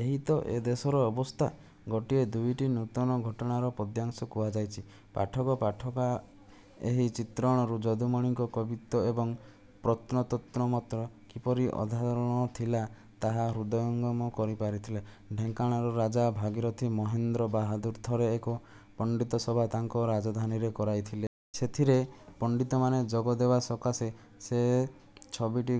ଏହିତ ଏ ଦେଶର ଅବସ୍ଥା! ଗୋଟିଏ ଦୁଇଟି ନୂତନ ଘଟଣାର ପଦ୍ୟାଂଶ କୁହାଯାଉଛି। ପାଠକ ପାଠିକା ଏହି ଚିତ୍ରଣରୁ ଯଦୁମଣିଙ୍କର କବିତ୍ୱ ଏବଂ ପ୍ରତ୍ୟୁତ୍ପନ୍ନମତିତ୍ୱ କିପରି ଅସାଧାରଣ ଥିଲା, ତାହା ହୃଦୟଙ୍ଗମ କରିପାରିବେ। ଢ଼େଙ୍କାନାଳର ରାଜା ଭାଗୀରଧି ମହେନ୍ଦ୍ର ବାହାଦୁର ଥରେ ଏକ ପଣ୍ଡିତ ସଭା ତାଙ୍କ ରାଜଧାନୀରେ କରାଇଥିଲେ। ସେଥିରେ ପଣ୍ଡିତମାନଙ୍କୁ ଯୋଗ ଦେବା ସକାଶେ ସେ ଛବିଶ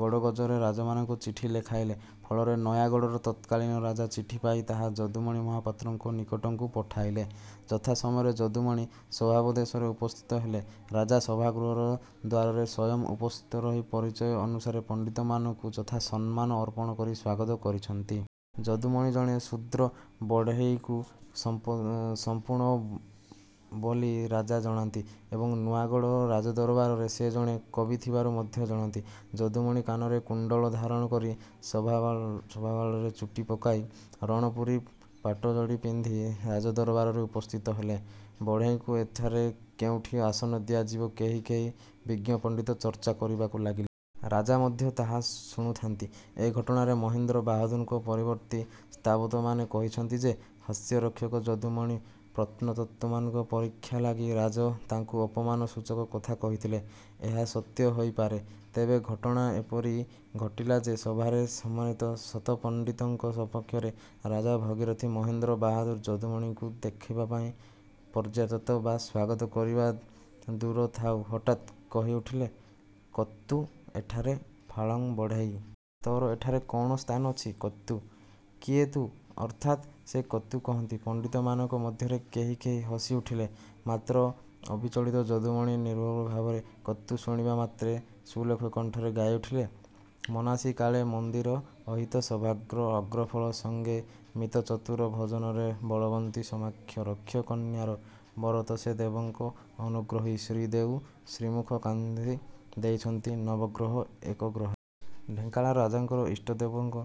ଗଡ଼ଜାତର ରାଜାମାନଙ୍କୁ ଚିଠି ଲେଖିଥିଲେ। ଫଳରେ ନୟାଗଡ଼ର ତତ୍କାଳୀନ ରାଜା ଚିଠିପାଇ ତାହା ଯଦୁମଣି ମହାପାତ୍ରଙ୍କ ନିକଟକୁ ପଠାଇଥିଲେ। ଯଥାସମୟରେ ଯଦୁମଣି ସଭାଦ୍ୱାରରେ ଉପସ୍ଥିତ ହେଲେ। ରାଜା ସଭାଗୃହର ଦ୍ୱାରରେ ସ୍ୱୟଂ ଉପସ୍ଥିତ ରହି ପରିଚୟ ଅନୁସାରେ ପଣ୍ଡିତମାନଙ୍କୁ ଯଥା ସମ୍ମାନ ଅର୍ପଣ କରି ସ୍ୱାଗତ କରୁଥାନ୍ତି। ଯଦୁମଣି ଜଣେ ଶୂଦ୍ର ବଢ଼େଇକୁଳ ସମ୍ଭୂତ ବୋଲି ରାଜା ଜାଣନ୍ତି ଏବଂ ନୂଆଗଡ଼ ରାଜଦରବାରରେ ସେ ଜଣେ କବି ଥିବାର ମଧ୍ୟ ଜାଣନ୍ତି। ଯଦୁମଣି କାନରେ କୁଣ୍ଡଳ ଧାରଣ କରି, ସଭା ବାଳରେ ଚୁଟି ପକେଇ, ରଣପୁରୀ ପାଟଯୋଡ଼ ପିନ୍ଧି ରାଜଦ୍ୱାରରେ ଉପସ୍ଥିତ ହେଲେ। ବଢ଼େଇକୁ ଏଠାରେ କେଉଁଠି ଆସନ ଦିଆଯିବ କେହି କେହି ବିଜ୍ଞ ପଣ୍ଡିତ ଚର୍ଚ୍ଚା କରିବାକୁ ଲାଗିଲେ। ରାଜା ମଧ୍ୟ ତା ଶୁଣୁଥାନ୍ତି। ଏ ଘଟଣାରେ ମହେନ୍ଦ୍ର ବାହାଦୁରଙ୍କର ପରବର୍ତ୍ତୀ ସ୍ତାବକମାନେ କହିଥାନ୍ତି ଯେ ହାସ୍ୟରସିକ ଯଦୁମଣିଙ୍କର ପ୍ରତ୍ୟୁତ୍ପନ୍ନମତିତ୍ୱ ପରୀକ୍ଷା ଲାଗି ରାଜା ତାଙ୍କୁ ଅପମାନ ସୂଚକ କଥା କହିଥିଲେ। ଏହା ସତ୍ୟ ହୋଇପାରେ। ତେବେ ଘଟଣା ଏଠାରେ ଏପରି ଘଟିଲା ଯେ ସଭାରେ ସମାସୀନ ଶତ ପଣ୍ଡିତଙ୍କ ସପକ୍ଷରେ ରାଜା ଭଗୀରଥି ମହେନ୍ଦ୍ର ବାହାଦୁର ଯଦୁମଣିଙ୍କୁ ଦେଖିବା ମାତ୍ରେ ପରିଚର୍ଯ୍ୟା ବା ସ୍ୱାଗତ କରିବା ଦୂରେ ଥାଉ ହଠାତ୍ କହି ଉଠିଲେ- କ୍ୟେତୁ ଏଠାରେ ପାଂଳ ବଢ଼େଇ? ତୋର ଏଠାରେ କ'ଣ ସ୍ଥାନ ଅଛି। କ୍ୟେତୁ? କିଏ ତୁ ଅର୍ଥରେ ସେ କ୍ୟେତୁ କହନ୍ତେ, ପଣ୍ଡିତମାନଙ୍କ ମଧ୍ୟରୁ କେହି କେହି ହସି ଉଠିଲେ-। ମାତ୍ର ଅବିଚଳିତ ଯଦୁମଣି ନିର୍ଭୀକ ଭାବରେ 'କ୍ୟେତୁ' ଶୁଣିବା ମାତ୍ରେ ସୁଲଳିତ କଣ୍ଠରେ ଗାଇ ଉଠିଲେ- ମନାସି କାଳୀ ମନ୍ଦିର ଅହିତ ଶୋଭାଗ୍ର ଅଗ୍ରଫଳ ସଙ୍ଗେ ମିତ ଚତୁର ଭଜନରେ ବଳବନ୍ତ ସମାପ୍ତ ଋକ୍ଷ କନ୍ୟାର ବରତ ସେ ଦେବଙ୍କ ଅନୁଗ୍ରହେ ଶ୍ରୀ ଦେଉ ଶ୍ରୀମୁଖେ କାନ୍ଧି ଦେଇଛନ୍ତି ନବଗ୍ରହୁ ଏକ ଗ୍ରହେ। ଢେଙ୍କାନାଳ ରାଜାଙ୍କର ଇଷ୍ଟଦେବତା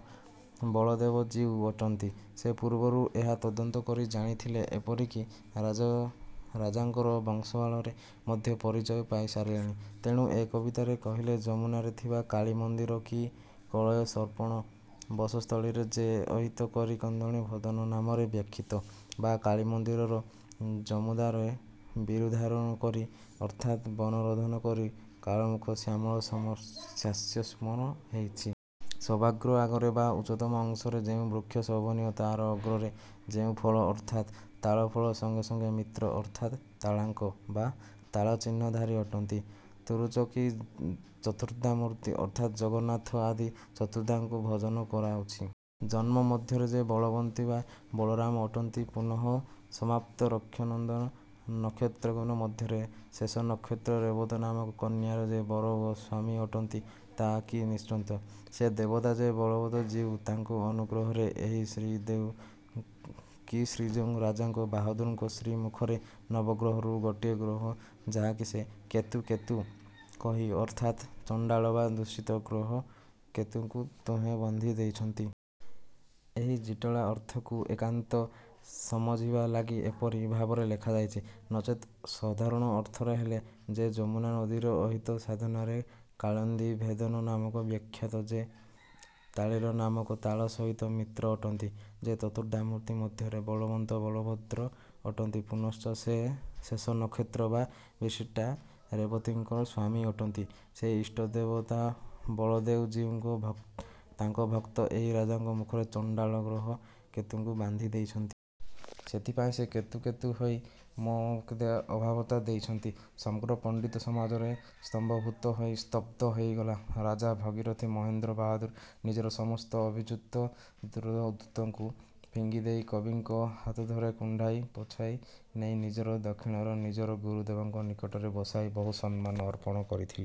ବଳଦେବ ଜୀଉ ଅଟନ୍ତି। ସେ ପୂର୍ବରୁ ଏହା ତଦନ୍ତ କରି ଜାଣିଥିଲେ। ଏପରି କି ରାଜାଙ୍କର ବଂଶାବଳୀର ମଧ୍ୟ ପରିଚୟ ପାଇ ସାରିଥିଲେ। ତେଣୁ ଏ କବିତାରେ କହିଲେ- ଯମୁନାରେ ଥିବା କାଳୀ ମନ୍ଦିର କି କାଳୀୟ ସର୍ପର ବାସସ୍ଥଳୀର ଯେ ଅହିତ କରି କାଳିନ୍ଦି ଭେଦନ ନାମରେ ବିଖ୍ୟାତ, ବା କାଳୀ ମନ୍ଦିର ଯମୁଦାର ବିରୁଦ୍ଧାଚରଣ କରି ଅର୍ଥାତ୍ ବନ୍ୟାରୋଧନ କରି କୂଳଭୂମି ଶ୍ୟାମଳ ଶସ୍ୟପୂର୍ଣ୍ଣ କରିଥିଲେ। ଶୋଭାଗ୍ର ଅଗ୍ରରେ ବା ଉଚ୍ଚତମ ଅଂଶରେ ଯେଉଁ ବୃକ୍ଷ ଶୋଭନୀୟ ତାର ଅଗ୍ରରେ ଯେଉଁ ଫଳ ଅର୍ଥାତ୍ ତାଳଫଳ ସଙ୍ଗେ ସେ ମିତ୍ର ଅର୍ଥାତ୍ ''ତାଳାଙ୍କ" ବା ତାଳ ଚିହ୍ନଧାରୀ ଅଟନ୍ତି। ତଚୁର କି ଯେଉଁ ଚତୁର୍ଦ୍ଧାମୂର୍ତ୍ତିକୁ ଅର୍ଥାତ୍ ଜଗନ୍ନାଥ ଆଦି ଚାରିମୂର୍ତ୍ତିଙ୍କୁ ଭଜନ କରାଯାଏ, ତନ୍ମମଧ୍ୟରେ ଯେ ବଳବନ୍ତ ବା ବଳରାମ ଅଟନ୍ତି ପୁନଶ୍ଚ ସମାପ୍ତ ଋକ୍ଷ ବା ନକ୍ଷତ୍ରମାନଙ୍କ ମଧ୍ୟରେ ଶେଷ ନକ୍ଷତ୍ର ରେବତୀ ନାମକ କନ୍ୟାର ଯେ ବର ବା ସ୍ୱାମୀ ଅଟନ୍ତି 'ତ' କି ନିଶ୍ଚୟ ସେହି ଦେବତା ଯେ ବଳଦେବ ଜୀଉ ତାଙ୍କ ଅନୁଗ୍ରହରୁ ଏହି ଶ୍ରୀ ଦେଉ କି ଶ୍ରୀଯୁକ୍ତ ରାଜା ବାହାଦୁରଙ୍କ ଶ୍ରୀ ମୁଖରେ ନବଗ୍ରହରୁ ଗୋଟିଏ ଗ୍ରହ ଯାହାକି ସେ ''କ୍ୟେତୁ କ୍ୟେତୁ" କହିଲେ ଅର୍ଥାତ ଚଣ୍ଡାଳ ବା ଦୂଷିତ ଗ୍ରହ କେତୁକୁ ତହିଁ ବାନ୍ଧି ଦେଇଛନ୍ତି। ଏହି ଜଟୀଳ ଅର୍ଥକୁ ଏକାନ୍ତ ସମଝିବା ଲାଗି ଏପରି। ଭାବରେ ଲେଖାଗଲା। ନଚେତ୍ ସାଧାରଣ ଅର୍ଥରେ ହେଲା- ଯେ ଯମୁନା ନଦୀର ଅହିତ ସାଧାନରେ କାଳୀନ୍ଦି−ଭେଦନ ନାମରେ ବିଖ୍ୟାତ, ଯେ ତାଳାଙ୍କ ନାମରେ ତାଳ ସହିତ ମିତ୍ର ଅଟନ୍ତି, ଯେ ଚତୁର୍ଦ୍ଧାମୂର୍ତ୍ତି ମଧ୍ୟରୁ ବଳବନ୍ତ ବଳଭଦ୍ର ଅଟନ୍ତି ପୁନଶ୍ଚ ଯେ ଶେଷ ନକ୍ଷତ୍ର ନାମ ବିଶିଷ୍ଟା ରେବତୀଙ୍କର ସ୍ୱାମୀ ଅଟନ୍ତି, ସେଇ ଇଷ୍ଟଦେବତା ବଳଦେବ ଜୀଉ ତାଙ୍କ ଭକ୍ତ ଏହି ରାଜାଙ୍କ ମୁହଁରେ ଚଣ୍ଡାଳ ଗ୍ରହ କେତୁକୁ ବାନ୍ଧି ଦେଇଛନ୍ତି। ସେଥିପାଇଁ ସେ କ୍ୟେତୁ କ୍ୟେତୁ ହୋଇ ମୋ ପ୍ରତି ଅଭଦ୍ରତା ଦେଖାଇଛନ୍ତି। ସମଗ୍ର ପଣ୍ଡିତ ସମାଜ ସ୍ତମ୍ଭୀଭୂତ ହୋଇ ତ୍ରସ୍ତ ହୋଇଗଲେ ଏବଂ ରାଜା ଭାଗୀରଥି ମହେନ୍ଦ୍ର ବାହାଦୁର ନିଜର ସମସ୍ତ ଅଭିଜାତ୍ୟ ଦୂରକୁ ଫିଙ୍ଗିଦେଇ କବିଙ୍କ ହାତଧରି କୁଣ୍ଢାଇ ପାଛୋଟି ନେଇ ନିଜର ଦକ୍ଷିଣରେ ନିଜର ଗୁରୁଦେବଙ୍କ ନିକଟରେ ବସାଇ ବହୁ ସମ୍ମାନ ଅର୍ପଣ କରିଥିଲେ।